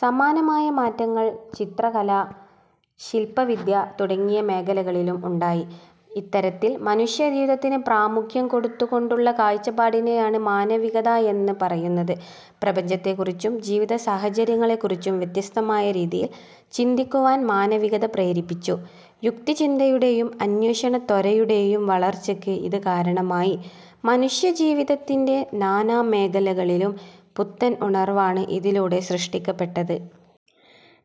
സമാനമായ മാറ്റങ്ങൾ ചിത്രകല, ശില്പവിദ്യ തുടങ്ങിയ മേഖലകളിലും ഉണ്ടായി. ഇത്തരത്തിൽ മനുഷ്യജീവിതത്തിന് പ്രാമുഖ്യം കൊടുത്തുകൊണ്ടുള്ള കാഴ്ചപ്പാടിനെയാണ് മാനവികത എന്ന് പറയുന്നത് പ്രപഞ്ചത്തെക്കുറിച്ചും ജീവിതസാഹചര്യങ്ങളെക്കുറിച്ചും വ്യത്യസ്തമായ രീതിയിൽ ചിന്തിക്കുവാൻ മാനവികത പ്രേരിപ്പിച്ചു. യുക്തിചിന്തയുടെയും അന്വേഷണത്വരയുടെയും വളർച്ചയ്ക്ക് ഇത് കാരണമായി. മനുഷ്യജീവിതത്തിന്റെ നാനാമേഖലകളിലും പുത്തൻ ഉണർവാണ് ഇതിലൂടെ സൃഷ്ടിക്കപ്പെട്ടത്.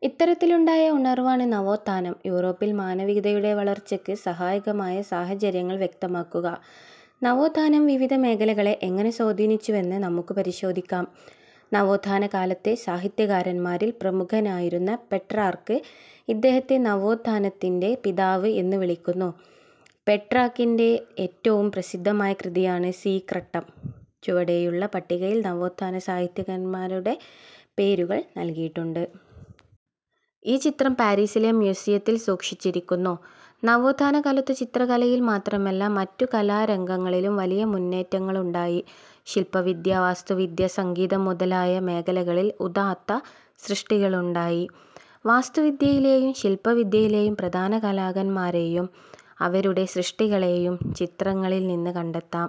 ഇത്തരത്തിലുണ്ടായ ഉണർവാണ് നവോത്ഥാനം. യൂറോപ്പിൽ മാനവികതയുടെ വളർച്ചയ്ക്ക് സഹായകമായ സാഹചര്യങ്ങൾ വ്യക്തമാക്കുക. നവോത്ഥാനം വിവിധ മേഖലകളെ എങ്ങനെ സ്വാധീനിച്ചുവെന്ന് നമുക്ക് പരിശോധിക്കാം. നവോത്ഥാനകാലത്തെ സാഹിത്യകാരന്മാരിൽ പ്രമുഖനായിരുന്നു പെട്രാർക്ക്. ഇദ്ദേഹത്തെ "നവോത്ഥാനത്തിന്റെ പിതാവ്' എന്ന് വിളിക്കുന്നു. പെട്രാർക്കിന്റെ ഏറ്റവും പ്രസിദ്ധമായ കൃതിയാണ് സീക്രട്ടം. ചുവടെയുള്ള പട്ടികയിൽ നവോത്ഥാന സാഹിത്യകാരന്മാരുടെ പേരുകൾ നൽകിയിട്ടുണ്ട്. ഈ ചിത്രം പാരീസിലെ മ്യൂസിയത്തിൽ സൂക്ഷിച്ചിരിക്കുന്നു. നവോഥാന കാലത്തു ചിത്രകലയിൽ മാത്രമല്ല, മറ്റു കലാരംഗങ്ങളിലും വലിയ മുന്നേറ്റങ്ങളുണ്ടായി. ശില്പവിദ്യ, വാസ്തുവിദ്യ, സംഗീതം മുതലായ മേഖലകളിൽ ഉദാത്ത സൃഷ്ടികളുണ്ടായി. വാസ്തുവിദ്യയിലെയും ശില്പവിദ്യയിലെയും പ്രധാന കലാകാരന്മാരെയും അവരുടെ സൃഷ്ടികളെയും ചിത്രങ്ങളിൽനിന്ന് കണ്ടെത്താം.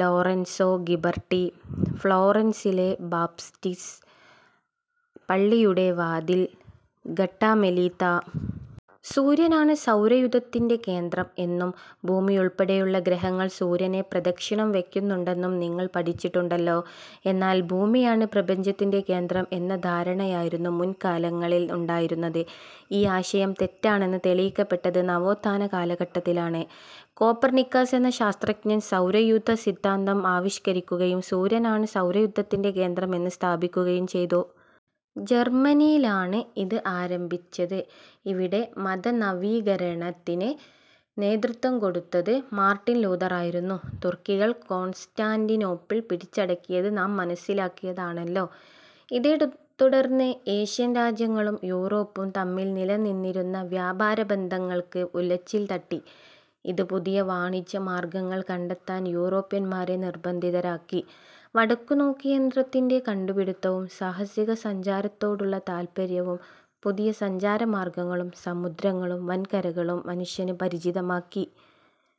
ലോറൻസൊ ഗിബർട്ടി, ഫ്ളോറൻസിലെ ബാപ്റ്റിസ്റ്റ് പള്ളിയുടെ വാതിൽ, ഗട്ടാമെലീത്ത. സൂര്യനാണ് സൗരയൂഥത്തിന്റെ കേന്ദ്രം എന്നും ഭൂമിയുൾപ്പെടെയുള്ള ഗ്രഹങ്ങൾ സൂര്യനെ പ്രദക്ഷിണം വയ്ക്കുന്നുണ്ടെന്നും നിങ്ങൾ പഠിച്ചിട്ടുണ്ടല്ലോ. എന്നാൽ ഭൂമിയാണ് പ്രപഞ്ചത്തിന്റെ കേന്ദ്രം എന്ന ധാരണയായിരുന്നു മുൻകാലങ്ങളിൽ ഉണ്ടായിരുന്നത്. ഈ ആശയം തെറ്റാണെന്ന് തെളിയിക്കപ്പെട്ടത് നവോത്ഥാന കാലഘട്ടത്തിലാണ്. കോപ്പർനിക്കസ് എന്ന ശാസ്ത്രജ്ഞൻ സൗരയൂഥസിദ്ധാന്തം ആവിഷ്കരിക്കുകയും സൂര്യനാണ് സൗരയൂഥത്തിന്റെ കേന്ദ്രം എന്ന് സ്ഥാപിക്കുകയും ചെയ്തു. ജർമ്മനിയിലാണ് ഇത് ആരംഭിച്ചത്. ഇവിടെ മതനവീകരണത്തിന് നേതൃത്വം കൊടുത്തത് മാർട്ടിൻ ലൂഥറായിരുന്നു. തുർക്കികൾ കോൺസ്റ്റാന്റിനോപ്പിൾ പിടിച്ചടക്കിയത് നാം മനസ്സിലാക്കിയതാണല്ലോ. ഇതേത്തുടർന്ന് ഏഷ്യൻ രാജ്യങ്ങളും യൂറോപ്പും തമ്മിൽ നിലനിന്നിരുന്ന വ്യാപാരബന്ധങ്ങൾക്ക് ഉലച്ചിൽ തട്ടി. ഇത് പുതിയ വാണിജ്യ മാർഗ്ഗങ്ങൾ കണ്ടെത്താൻ യൂറോപ്യൻമാരെ നിർബന്ധിതരാക്കി. വടക്കുനോക്കിയന്ത്രത്തിന്റെ കണ്ടുപിടിത്തവും സാഹസികസഞ്ചാരത്തോടുള്ള താൽപ്പര്യവും പുതിയ സഞ്ചാരമാർഗ്ഗങ്ങളും സമുദ്രങ്ങളും വൻകരകളും മനുഷ്യന് പരിചിതമാക്കി.